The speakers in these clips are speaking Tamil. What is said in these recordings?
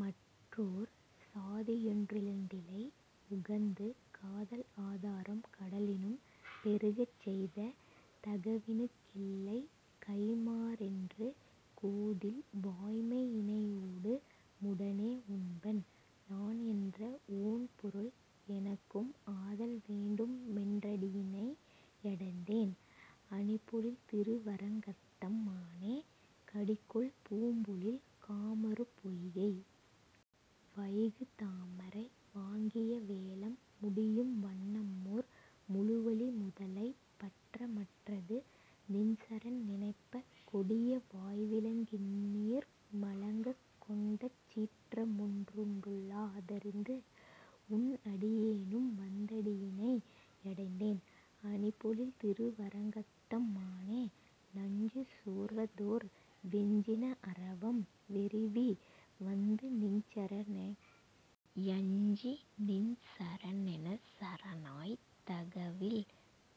மற்றோர் சாதியென் றொழிந்திலை, உகந்து காதல் ஆதரம் கடலினும் பெருகச் செய்த தகவினுக் கில்லைகைம் மாறென்று கோதில் வாய்மையி னாயொடு முடனே உண்பன் நான் என்ற ஓண்பொருள் எனக்கும் ஆதல் வேண்டுமென் றடியிணை யடைந்தேன் அணிபொ ழில்திரு வரங்கத்தம் மானே கடிகொள் பூம்பொழில் காமரு பொய்கை வைகு தாமரை வாங்கிய வேழம், முடியும் வண்ணமோர் முழுவலி முதலை பற்ற மற்றது நின்சரண் நினைப்ப கொடிய வாய்விலங் கின்னுயிர்மலங்கக் கொண்டசீற்றமொன் றுண்டுள தறிந்து, உன் அடிய னேனும்வந் தடியிணை யடைந்தேன் அணிபொ ழில்திரு வரங்கத்தம் மானே நஞ்சு சோர்வதோர் வெஞ்சின அரவம் வெருவி வந்துநின் சரணெனச் யஞ்சிநின் சரணெனச் சரணாய்த் தகவில்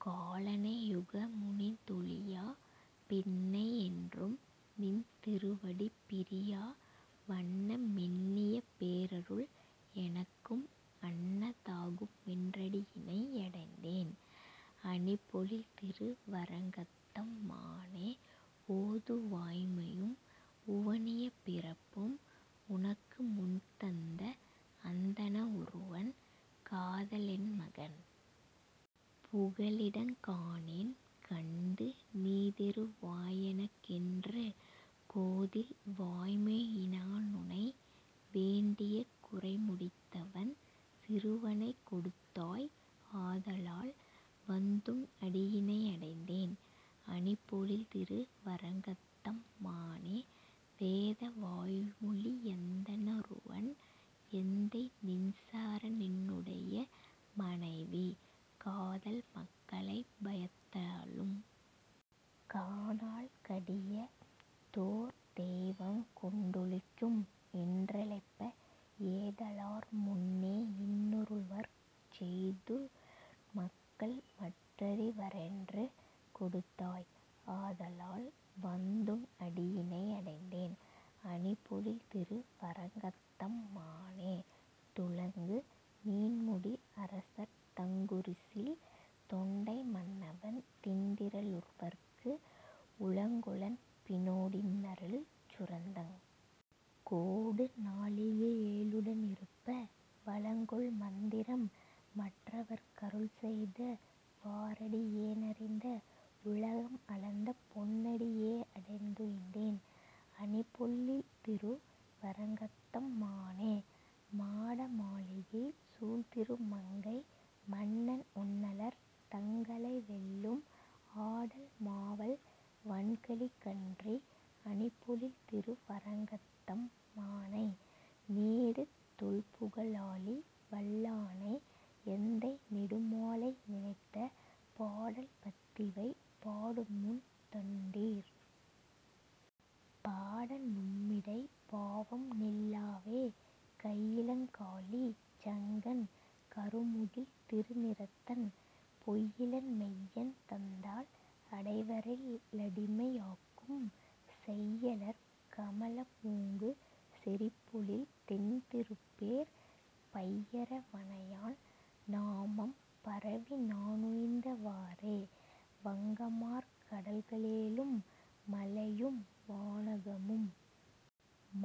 காலனை யுகமுனிந் தொழியா பின்னை யென்றும்நின் திருவடி பிரியா வண்ண மெண்ணிய பேரருள், எனக்கும் அன்ன தாகுமென் றடியிணை யடைந்தேன் அணிபொ ழில்திரு வரங்கத்தம் மானே ஓது வாய்மையும் உவனியப் பிறப்பும் உனக்கு முன்தந்த அந்தண னொருவன், காத லென்மகன் புகலிடங் காணேன், கண்டு நீதரு வாயெனக் கென்று, கோதில் வாய்மையி னானுனை வேண்டிய குறைமு டித்தவன் சிறுவனைக் கொடுத்தாய், ஆத லால்வந்துன் அடியிணை யடைந்தேன் அணிபொ ழில்திரு வரங்கத்தம் மானே வேத வாய்மொழி யந்தண னொருவன் எந்தை நின்சர ணென்னுடை மனைவி, காதல் மக்களைப் பயத்தலும் காணாள் கடிய தோர் தெய்வங்கொண் டொளிக்கும், என்றழைப்ப ஏத லார்முன்னே யின்னரு ளவர்க்குச் செய்துன் மக்கள்மற் றிவரென்று கொடுத்தாய், ஆத லால்வந்துன் அடியிணை யடைந்தேன் அணிபொ ழில்திரு வரங்கத்தம் மானே துளங்கு நீண்முடி அரசர்தங்குரிசில் தொண்டை மன்னவன் திண்டிற லொருவற்கு உளங்கொ ளன்பினோ டின்னருள் சுரந்தங் கோடு நாழிகை யேழுடனிருப்ப, வளங்கொள் மந்திரம் மற்றவற் கருளிச் செய்த வாறடி யேனறிந்து, உலகம் அளந்த பொன்னடி யேயடைந் துய்ந்தேன் அணிபொ ழில்திரு வரங்கத்தம் மானே மாடமாளிகை சூழ்திரு மங்கை மன்னன் ஒன்னலர் தங்களை வெல்லும், ஆடல் மாவல் வன்கலி கன்றி அணிபொ ழில்திரு வரங்கத்தம் மானை, நீடு தொல்புக ழாழிவல் லானை எந்தை யைநெடு மாலைநி னைந்த, பாடல் பத்திவை பாடுமின் தொண்டீர். பாட நும்மிடைப் பாவம்நில் லாவே கையிலங் காழி சங்கன் கருமுகில் திருநி றத்தன், பொய்யிலன் மெய்யன் தந்தாள் அடைவரே லடிமை யாக்கும், செய்யலர் கமல மோங்கு செறிபொழில் தென்தி ருப்பேர் பையர வணையான் நாமம் பரவிநா னுய்ந்த வாறே வங்கமார் கடல்க ளேழும் மலையும்வா னகமும்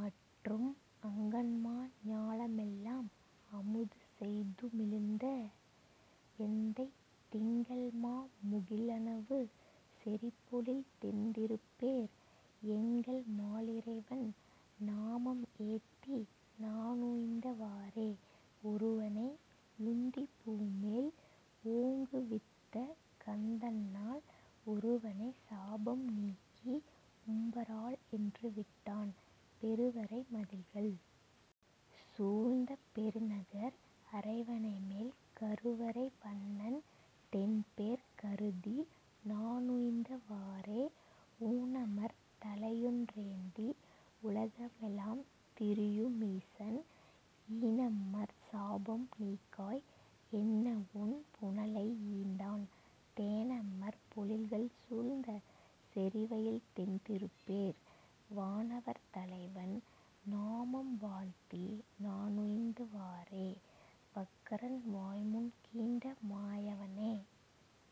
மற்றும், அங்கண்மா ஞால மெல்லாம் அமுதுசெய் துமிழ்ந்த எந்தை, திங்கள்மா முகில்அ ணவு செறிபொழில் தெந்தி ருப்பேர், எங்கள்மா லிறைவன் நாமம் ஏத்திநா னுய்ந்த வாறே ஒருவனை யுந்திப் பூமேல் ஓங்குவித் தாகந் தன்னால், ஒருவனைச் சாபம் நீக்கி உம்பராள், என்று விட்டான், பெருவரை மதிள்கள் சூழ்ந்த பெருநகர் அரவ ணைமேல் கருவரை வண்ணன் தென்பேர் கருதிநா னுய்ந்த வாறே ஊனமர் தலையொன் றேந்தி உலகெலாம் திரியு மீசன் ஈனமர் சாபம் நீக்காய், என்னவொண் புனலை யீந்தான், தேனமர் பொழில்கள் சூழ்ந்த செறிவயல் தென்தி ருப்பேர், வானவர் தலைவன் நாமம் வாழ்த்திநா னுய்ந்த வாறே வக்கரன் வாய்முன் கீண்ட மாயவனே